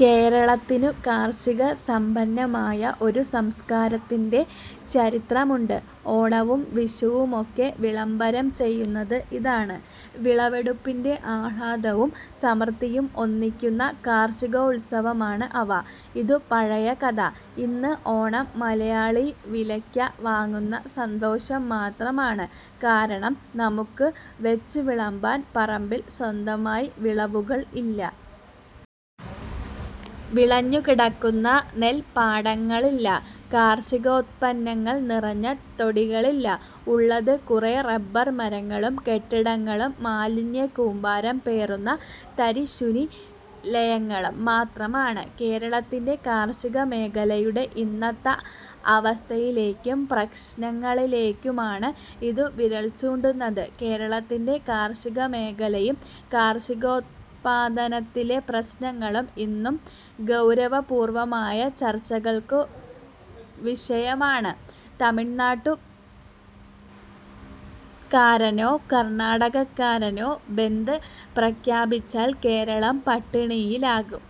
കേരളത്തിനു കാർഷികസമ്പന്നമായ ഒരു സംസ്കാരത്തിന്റെ ചരിത്ര മുണ്ട്. ഓണവും വിഷുവുമൊക്കെ വിളംബരം ചെയ്യുന്നത് ഇതാണ്. വിളവെടുപ്പിന്റെ ആഹ്ലാദവും സമൃദ്ധിയും ഒന്നിക്കുന്ന കാർഷി കോത്സവമാണ് അവ. ഇതു പഴയ കഥ. ഇന്ന് ഓണം മലയാളി വിലയ്ക്ക വാങ്ങുന്ന സന്തോഷം മാത്രമാണ്. കാരണം നമുക്കു വച്ചുവിളമ്പാൻ പറമ്പിൽ സ്വന്തമായി വിളവുകൾ ഇല്ല. വിളഞ്ഞുകിടക്കുന്ന നെല്പാട ങ്ങളില്ല. കാർഷികോത്പന്നങ്ങൾ നിറഞ്ഞ തൊടികളില്ല. ഉള്ളത് കുറെ റബ്ബർ മരങ്ങളും കെട്ടിടങ്ങളും മാലിന്യക്കൂമ്പാരം പേറുന്ന തരിശുനി ലങ്ങളും മാത്രമാണ്. കേരളത്തിന്റെ കാർഷികമേഖലയുടെ ഇന്നത്ത അവസ്ഥയിലേക്കും പ്രശ്നങ്ങളിലേക്കുമാണ് ഇതു വിരൽചൂണ്ടുന്നത്. കേരളത്തിന്റെ കാർഷികമേഖലയും കാർഷികോത്പാദനത്തിലെ പ്രശ്നങ്ങളും ഇന്നു ഗൗരവപൂർവ്വമായ ചർച്ചകൾക്കു വിഷയമാണ്. തമിഴ്നാട്ടുകാരനോ കർണ്ണാടകക്കാരനോ ബന്ദ് പ്രഖ്യാപിച്ചാൽ കേരളം പട്ടിണിയിലാകും.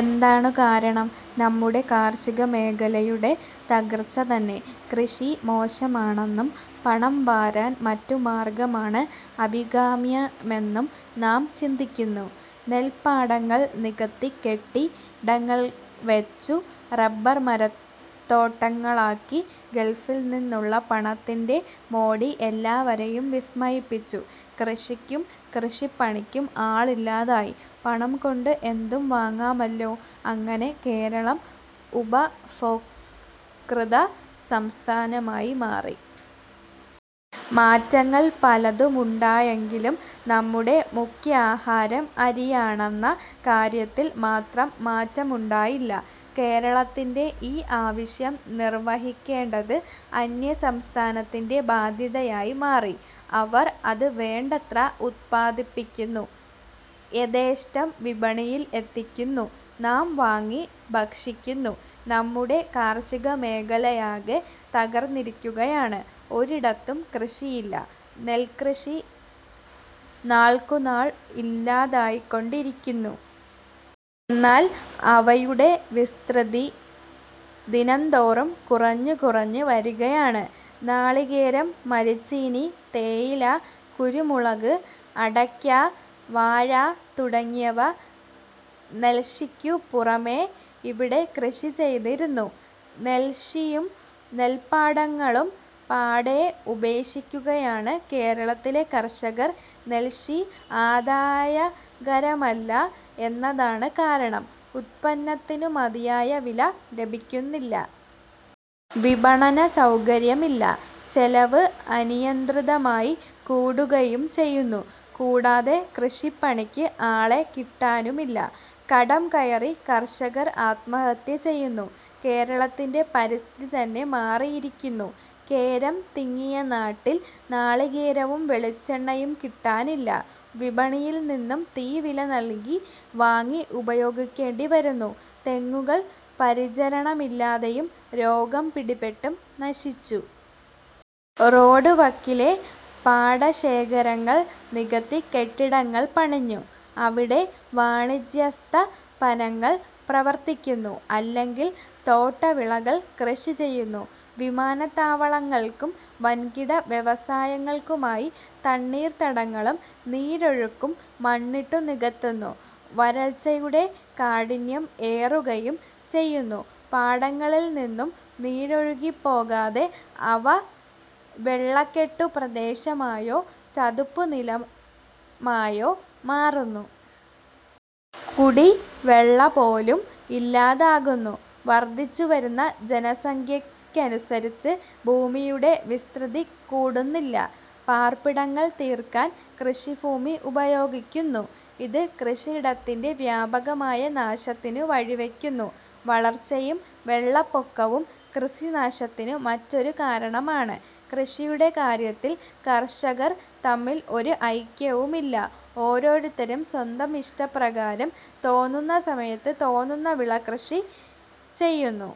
എന്താണു കാരണം? നമ്മുടെ കാർഷികമേഖലയുടെ തകർച്ചതന്നെ. കൃഷി മോശമാണെന്നും പണംവാരാൻ മറ്റു മാർഗ്ഗമാണ് അഭികാമ്യമെന്നും നാം ചിന്തിക്കുന്നു. നെല്പാടങ്ങൾ നികത്തി കെട്ടി ടങ്ങൾവച്ചു. റബ്ബർമരത്തോട്ടങ്ങളാക്കി. ഗൾഫിൽനിന്നുള്ള പണത്തിന്റെ മോടി എല്ലാവരെയും വിസ്മയിപ്പിച്ചു. കൃഷിക്കും കൃഷിപ്പണിക്കും ആളില്ലാതായി. പണംകൊണ്ട് എന്തും വാങ്ങാമല്ലോ. അങ്ങനെ കേരളം ഉപഭോക്തൃത സംസ്ഥാനമായി മാറി. മാറ്റങ്ങൾ പലതുമുണ്ടായെങ്കിലും നമ്മുടെ മുഖ്യാഹാരം അരിയാ ണെന്ന കാര്യത്തിൽ മാത്രം മാറ്റമുണ്ടായില്ല. കേരളത്തിന്റെ ഈ ആവ ശ്യം നിർവഹിക്കേണ്ടത് അന്യസംസ്ഥാനത്തിന്റെ ബാധ്യതയായി മാറി. അവർ അത് വേണ്ടത്ര ഉത്പാദിപ്പിക്കുന്നു. യഥേഷ്ടം വിപണിയിൽ എത്തിക്കുന്നു. നാം വാങ്ങി ഭക്ഷിക്കുന്നു. നമ്മുടെ കാർഷികമേഖലയാകെ തകർന്നിരിക്കുകയാണ്. ഒരിടത്തും കൃഷിയില്ല. നെൽക്ക്യഷി നാൾക്കുനാൾ ഇല്ലാതായിക്കൊണ്ടിരിക്കുന്നു. എന്നാൽ അവയുടെ വിസ്തൃതി ദിനന്തോറും കുറഞ്ഞുകു റഞ്ഞു വരികയാണ്. നാളികേരം, മരച്ചീനി, തേയില, കുരുമുളക്, അട യ്ക്ക, വാഴ തുടങ്ങിയവ നെല്ഷിക്കു പുറമേ ഇവിടെ കൃഷി ചെയ്തിരുന്നു. നെല്ഷിയും നെല്പാടങ്ങളും പാടേ ഉപേക്ഷിക്കു കയാണ് കേരളത്തിലെ കർഷകർ. നെല്ഷി ആദായകരമല്ല എന്ന താണ് കാരണം. ഉത്പന്നത്തിനു മതിയായ വില ലഭിക്കുന്നില്ല. വിപണന സൗകര്യമില്ല. ചെലവ് അനിയന്ത്രിതമായി കൂടുകയും ചെയ്യുന്നു. കൂടാതെ കൃഷിപ്പണിക്ക് ആളെ കിട്ടാനുമില്ല. കടം കയറി കർഷകർ ആത്മാഹത്യ ചെയ്യുന്നു. കേരളത്തിന്റെ പരിസ്ഥിതിതന്നെ മാറിയിരിക്കുന്നു. കേരം തിങ്ങിയ നാട്ടിൽ നാളികേരവും വെളിച്ചെണ്ണയും കിട്ടാനില്ല. വിപണിയിൽനിന്നും തീവില നൽകി വാങ്ങി ഉപയോഗിക്കേണ്ടിവരുന്നു. തെങ്ങുകൾ പരിച രണമില്ലാതെയും രോഗം പിടിപെട്ടും നശിച്ചു. റോഡുവക്കിലെ പാടശേ ഖരങ്ങൾ നികത്തി കെട്ടിടങ്ങൾ പണിഞ്ഞു. അവിടെ വാണിജ്യസ്ഥാ പനങ്ങൾ പ്രവർത്തിക്കുന്നു. അല്ലെങ്കിൽ തോട്ടവിളകൾ കൃഷി ചെയ്യുന്നു. വിമാനത്താവളങ്ങൾക്കും വൻകിട വ്യവസായങ്ങൾക്കുമായി തണ്ണീർ ത്തടങ്ങളും നീരൊഴുക്കും മണ്ണിട്ടു നികത്തുന്നു. വരൾച്ചയുടെ കാഠി ന്യം ഏറുകയും ചെയ്യുന്നു. പാടങ്ങളിൽനിന്നും നീരൊഴുകിപ്പോകാതെ അവ വെള്ളക്കെട്ടു പ്രദേശമായോ ചതുപ്പുനിലമായോ മാറുന്നു. കുടി വെള്ളപോലും ഇല്ലാതാകുന്നു. വർദ്ധിച്ചുവരുന്ന ജനസംഖ്യയ്ക്കനുസരിച്ച് ഭൂമിയുടെ വിസ്തൃതി കൂടുന്നില്ല. പാർപ്പിടങ്ങൾ തീർക്കാൻ കൃഷിഭൂമി ഉപയോഗിക്കുന്നു. ഇതു കൃഷിയിടത്തിന്റെ വ്യാപകമായ നാശത്തിനു വഴിവയ്ക്കുന്നു. വളർച്ചയും വെള്ളപ്പൊക്കവും കൃഷിനാശത്തിനു മറ്റൊരു കാരണ മാണ്. കൃഷിയുടെ കാര്യത്തിൽ കർഷകർ തമ്മിൽ ഒരു ഐക്യവുമില്ല. ഓരോത്തരും സ്വന്തം ഇഷ്ടപ്രകാരം തോന്നുന്നസമയത്ത് തോന്നുന്ന വിള കൃഷി ചെയ്യുന്നു.